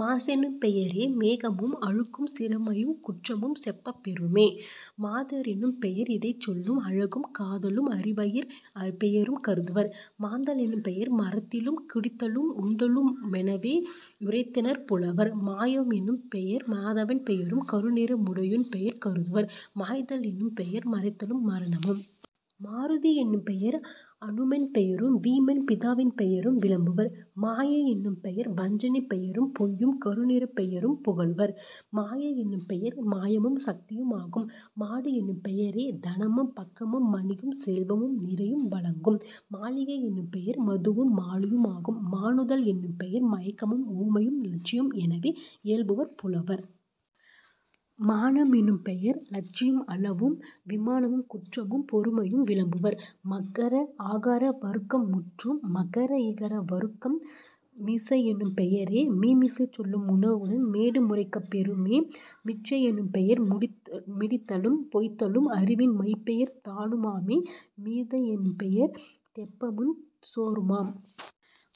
மாசெனும் பெயரே மேகமும் அழுக்கும் சிறுமையுங் குற்றமும் செப்பப் பெறுமே..... மாத ரெனும்பெய ரிடைச்சொலு மழகும் காதலும் அரிவையர் பெயரும் கருதுவர்..... மாந்த லெனும்பெயர் மரித்தலும் குடித்தலும் உண்டலு மெனவே யுரைத்தனர் புலவர்..... மாய னெனும்பெயர் மாதவன் பெயரும் கருநிற முடையோன் பெயரும் கருதுவர்..... மாய்த லெனும்பெயர் மறைதலும் மரணமும்..... மாருதி யெனும்பெயர் அநுமன் பெயரும் வீமன் பிதாவின் பெயரும் விளம்புவர்..... மாய மெனும்பெயர் வஞ்சனைப் பெயரும் பொய்யுங் கருநிறப் பெயரும் புகலுவர்..... மாயை யெனும்பெயர் மாயமும் சத்தியும்..... மாடெனும் பெயரே தனமும் பக்கமும் மணியுஞ் செல்வமு நிரையும் வழங்கும்..... மாலிகை யெனும்பெயர் மதுவு மாலியும்..... மானுத லெனும்பெயர் மயக்கமு முவமையும் இலச்சையு மெனவே இயம்புவர் புலவர்..... மான மெனும்பெயர் லச்சையு மளவும் விமானமுங் குற்றமும் பெருமையும் விளம்புவர்..... மகர ஆகார வருக்கம் முற்றும். மகர இகர வருக்கம் மிசையெனும் பெயரே மீமிசைச் சொல்லும் உணவுடன் மேடு முரைக்கப் பெறுமே..... மிச்சை யெனும்பெயர் மிடித்தலும் பொய்த்தலும் அறிவின் மைப்பெயர் தானு மாமே.....। மிதவை யெனும்பெயர் தெப்பமுஞ் சோறுமாம்.....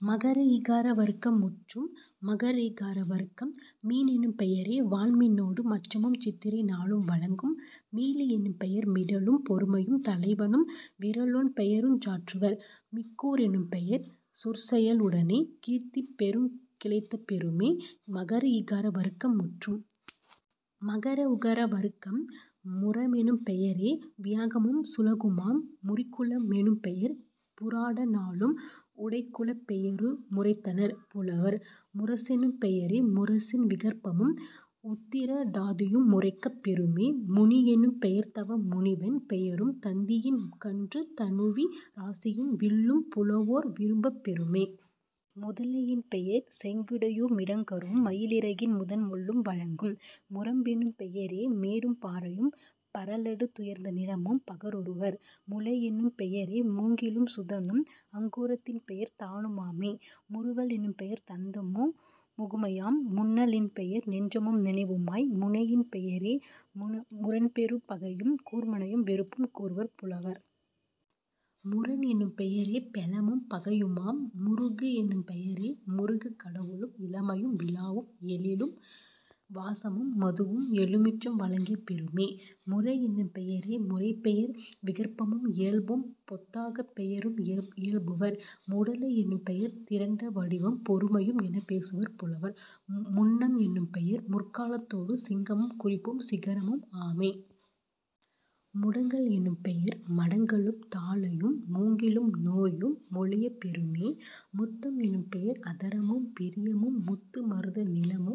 மகர இகர வருக்கம் முற்றும். மகர ஈகார வருக்கம் மீனெனும் பெயரே வான்மீ னோடு மச்சமும் சித்திரை நாளும் வழங்கும்..... மீளி யெனும்பெயர் மிடலும் பெருமையும் தலைவனும் விறலோன் பெயருஞ் சாற்றுவர்..... மீக்கூ றெனும்பெயர் சொற்செல வுடனே கீர்த்திப் பெயருங் கிளத்தப் பெறுமே..... மகர ஈகார வருக்கம் முற்றும். மகர உகர வருக்கம் முறமெனும் பெயரே வியாகமுஞ் சுளகுமாம்..... முறிகுள மெனும்பெயர் பூராட நாளும் உடைகுளப் பெயரு முரைத்தனர் புலவர்..... முரசெனும் பெயரே முரசின் விகற்பமும் உத்திரட் டாதியு முரைக்கப் பெறுமே..... முனியெனும் பெயர்தவ முனிவன் பெயரும் தந்தியின் கன்றுந் தனுவி ராசியும் வில்லும் புலவோர் விளம்பப் பெறுமே..... முதலை யென்பெயர் செங்கிடையு மிடங்கரும் மயிலிறகின் முதன் முள்ளும் வழங்கும்..... முரம்பெனும் பெயரே மேடும் பாறையும் பரலடுத் துயர்ந்த நிலமும் பகருவர்..... முளையெனும் பெயரே மூங்கிலும் சுதனும் அங்குரத் தின்பெயர் தானு மாமே..... முறுவ லெனும்பெயர் தந்தமு முகையுமாம்..... முன்ன லெனும்பெயர் நெஞ்சமு நினைவுமாம்..... முனையெனும் பெயரே முரண்பெறு பகையும் கூர்மையும் வெறுப்பும் கூறுவர் புலவர்..... முரணெனும் பெயரே பெலமும் பகையுமாம்..... முருகெனும் பெயரே முருகக் கடவுளும் இளமையும் விழாவு மெழிலும் வாசமும் மதுவு மெலுமிச்சும் வழங்கப் பெறுமே..... முறையெனும் பெயரே முறைப்பெயர் விகற்பமும் இயல்பும் பொத்தகப் பெயரும் இயம்புவர்..... முடலை யெனும்பெயர் திரண்ட வடிவும் பெருமையு மென்னப் பேசுவர் புலவர்..... முன்ன மெனும்பெயர் முற்கா லத்தொடு சிங்கமும் குறிப்பும் சீக்கிரமு மாமே..... முடங்க லெனும்பெயர் மடங்கலுந் தாழையும் மூங்கிலு நோயு மொழியப் பெறுமே..... முத்த மெனும்பெயர் அதரமும் பிரியமும் முத்து மருத நிலமு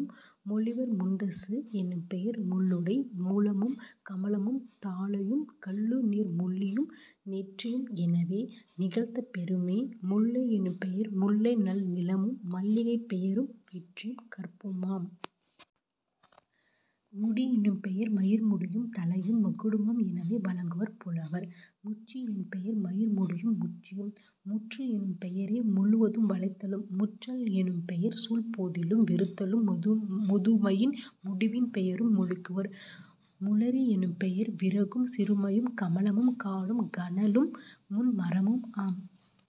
மொழிகுவர்..... முண்டசு மெனும்பெயர் முள்ளுடை மூலமும் கமலமும் தாழையும் கள்ளுநீர் முள்ளியும் நெற்றியு மெனவே நிகழ்த்தப் பெறுமே..... முல்லை யெனும்பெயர் முல்லை நன்னிலமும் மல்லிகைப் பெயரும் வெற்றியுங் கற்புமாம்..... முடியெனும் பெயர்மயிர் முடியும் தலையும் மகுடமு மெனவே வழங்குவர் புலவர்..... முச்சி யென்பெயர் மயிர்முடியு முச்சியும்..... முற்றெனும் பெயரே முழுதும் வளைத்தலும்..... முற்ற லெனும்பெயர் சூழ்போதலும் வெறுத்தலும் முதுமையு முடிவின் பெயரு மொழிகுவர்..... முளரி யெனும்பெயர் விறகுஞ் சிறுமையும் கமலமும் காடும் கனலும் முண்மரமும்மாம்....